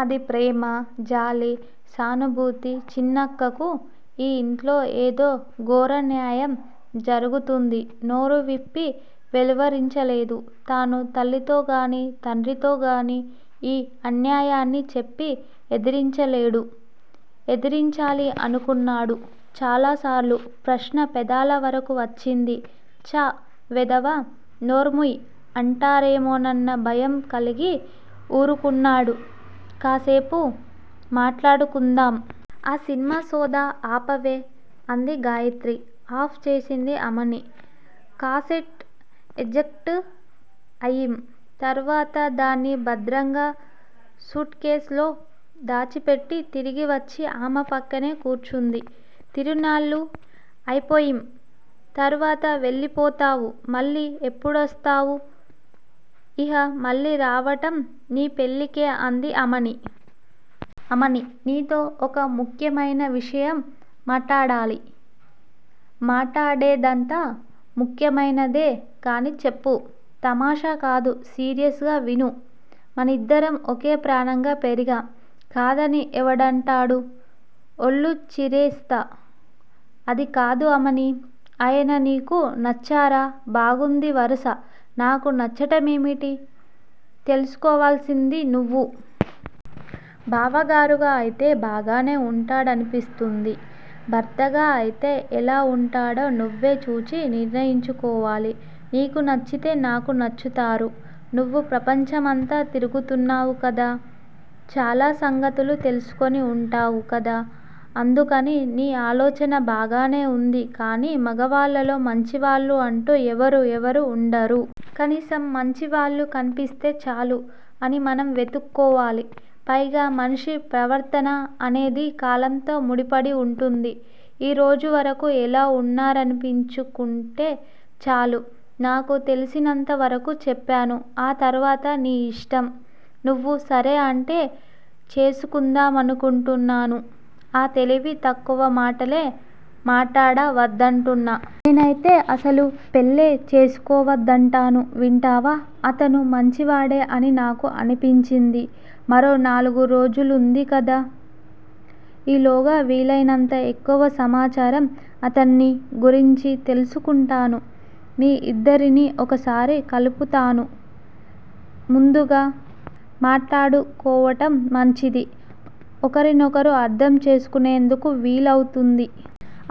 అది ప్రేమ, జాలి, సానుభూతి చిన్నక్కకు ఈ ఇంట్లో ఏదో ఘోరాన్యాయం జరుగుతుంది. నోరువిప్పి వెలువరించలేదు. తాను తల్లితోగానీ, తండ్రితోగానీ ఈ అన్యాయాన్ని చెప్పి ఎదిరించలేడు. ఎదిరించాలి అనుకున్నాడు చాలాసార్లు. ప్రశ్న పెదాలవరకూ వచ్చింది. ఛా! వెధవా, నోర్ముయ్ అంటారేమోనన్న భయంకలిగి ఊరుకున్నాడు. కాస్సేపు మాట్లాడుకుందాం. ఆ సినిమా సొద ఆపవే! అంది గాయత్రి. ఆఫ్ చేసింది ఆమని. కాసట్ ఎజెక్ట్ అయిం తరువాత దాన్ని భద్రంగా సూట్ కేస్ లో దాచిపెట్టి తిరిగి వచ్చి ఆమె ప్రక్కనే కూర్చుంది. తిరునాళ్ళు అయిపోయిం తరువాత వెళ్ళిపోతావు. మళ్ళీ ఎప్పుడొస్తావు? ఇహ మళ్ళీ రావటం నీ పెళ్ళికే అంది ఆమని. ఆమనీ! నీతో ఒక ముఖ్యమయిన విషయం మాటాడాలి! మాటాడేదంతా ముఖ్యమయిందే కాని చెప్పు! తమాషా కాదు. సీరియస్ గా విను! మనిద్దరం ఒకే ప్రాణంగా పెరిగాం. కాదని ఎవడంటాడు. ఒళ్ళు చీరేస్తా! అదికాదు ఆమనీ! ఆయన నీకు నచ్చారా? బాగుంది వరుస! నాకు నచ్చటమేమిటి? చేసుకోవాల్సింది నువ్వు! బావగారుగా అయితే బాగానే ఉంటాడనిపిస్తోంది. భర్తగా అయితే ఎలా వుంటాడో నువ్వే చూచి నిర్ణయించుకోవాలి. నీకు నచ్చితే నాకూ నచ్చుతారు. నువ్వు ప్రపంచమంతా తిరుగుతున్నావు కదా! చాలా సంగతులు తెలుసుకుని ఉంటావు కదా అందుకని! నీ ఆలోచన బాగానే ఉంది కాని మగవాళ్ళలో మంచివాళ్ళు అంటూ ఎవరూ ఎవరూ ఉండరు. కనీసం మంచివాళ్ళు కనిపిస్తే చాలు అని మనం వెతుక్కోవాలి. పైగా మనిషి ప్రవర్తన అనేది కాలంతో ముడిపడి వుంటుంది. ఈరోజు వరకు ఎలా ఉన్నారనిపించుకుంటే చాలు?! నాకు తెలిసినంత వరకు చెప్పాను. ఆ తర్వాత నీ యిష్టం. నువ్వు సరే అంటే చేసుకుందామనుకుంటున్నాను. ఆ తెలివి తక్కువ మాటలే మాటాడ వద్దంటున్నా! నేనయితే అసలు పెళ్ళే చేసుకోవద్దంటాను వింటావా! అతను మంచివాడే అని నాకు అనిపించింది. మరో నాలుగు రోజులుంది కదా! ఈలోగా వీలయినంత ఎక్కువ సమాచారం అతన్ని గురించి తెలుసుకుంటాను. మీ ఇద్దరిని ఒకసారి కలుపుతాను. ముందుగా మాటాడుకోవటం మంచిది. ఒకరి నొకరు అర్ధం చేసుకునేందుకు వీలు అవుతుంది.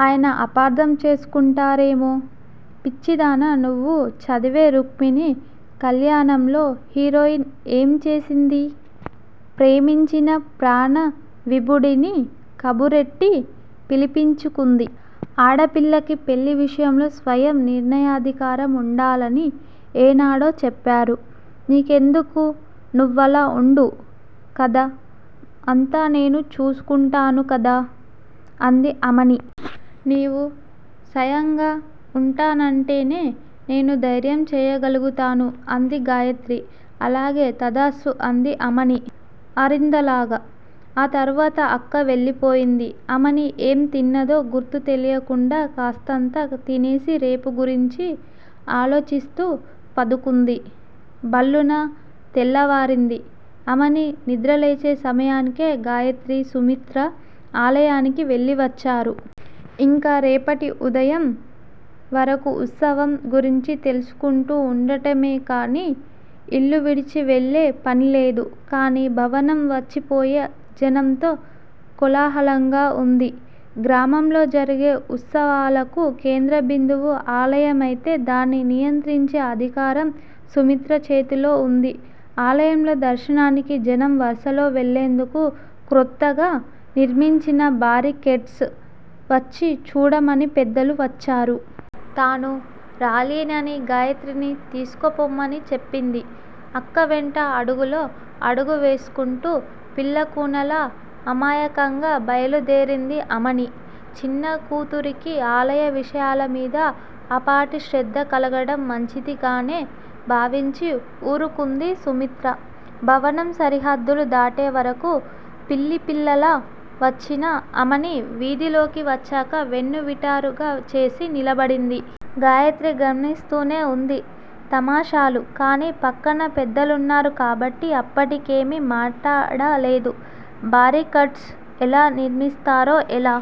ఆయన అపార్ధం చేసుకుంటారేమో! పిచ్చిదానా! నువ్వు చదివే రుక్మిణీ కళ్యాణంలో హీరోయిన్ ఏమి చేసింది. ప్రేమించిన ప్రాణవిభుడిని కబురెట్టి పిలిపించుకుంది. ఆడపిల్లకి పెళ్ళి విషయంలో స్వయం నిర్ణయాధికారం ఉండాలని ఏనాడో చెప్పారు. నీకెందుకు నువ్వలా ఉండు. కధ అంతా నేను చూచుకుంటాను కదా? అంది ఆమని. నీవు సాయంగా ఉంటానంటేనే నేను ధైర్యం చేయగలుగుతాను అంది గాయత్రి. అలాగే తధాస్తు అంది ఆమని ఆరిందలాగ! ఆ తరువాత అక్క వెళ్ళిపోయింది. ఆమని ఏం తిన్నదో గుర్తు తెలియకుండా కాస్తంత తినేసి రేపు గురించి ఆలోచిస్తూ పదుకుంది! భళ్ళున తెల్లవారింది! ఆమని నిద్రలేచే సమయానికే గాయత్రి, సుమిత్ర ఆలయానికి వెళ్ళివచ్చారు. ఇంక రేపటి ఉదయం వరకూ ఉత్సవం గురించి తెలుసుకుంటూ ఉండటమేకాని ఇల్లు విడిచి వెళ్ళే పనిలేదు. కాని భవనం వచ్చిపోయే జనంతో కోలాహలంగా ఉంది. గ్రామంలో జరిగే ఉత్సవాలకు కేంద్ర బిందువు ఆలయమైతే దాన్ని నియంత్రించే అధికారం సుమిత్ర చేతిలో ఉంది! ఆలయంలో దర్శనానికి జనం వరుసలో వెళ్ళేందుకు క్రొత్తగా నిర్మించిన బారికేడ్స్ వచ్చి చూడమని పెద్దలు వచ్చారు. తాను రాలేనని గాయత్రిని తీసుకుపొమ్మని చెప్పింది! అక్క వెంట అడుగులో అడుగువేసుకుంటూ పిల్లకూనలా అమాయకంగా బయలుదేరింది ఆమని! చిన్న కూతురికి ఆలయ విషయాల మీద ఆపాటి శ్రద్ధ కలగడం మంచిదిగానే భావించి ఊరుకుంది సుమిత్ర. భవనం సరిహద్దులు దాటే వరకూ పిల్లిపిల్లలా వచ్చిన ఆమని వీధిలోకి వచ్చాక వెన్ను నిటారుగా చేసి నిలబడింది. గాయత్రి గమనిస్తూనే ఉంది తమాషాలు. కాని ప్రక్కన పెద్దలున్నారు కాబట్టి అప్పటికేమీ మాటాడలేదు. బారికాడ్స్ ఎలా నిర్మిస్తారో ఎలా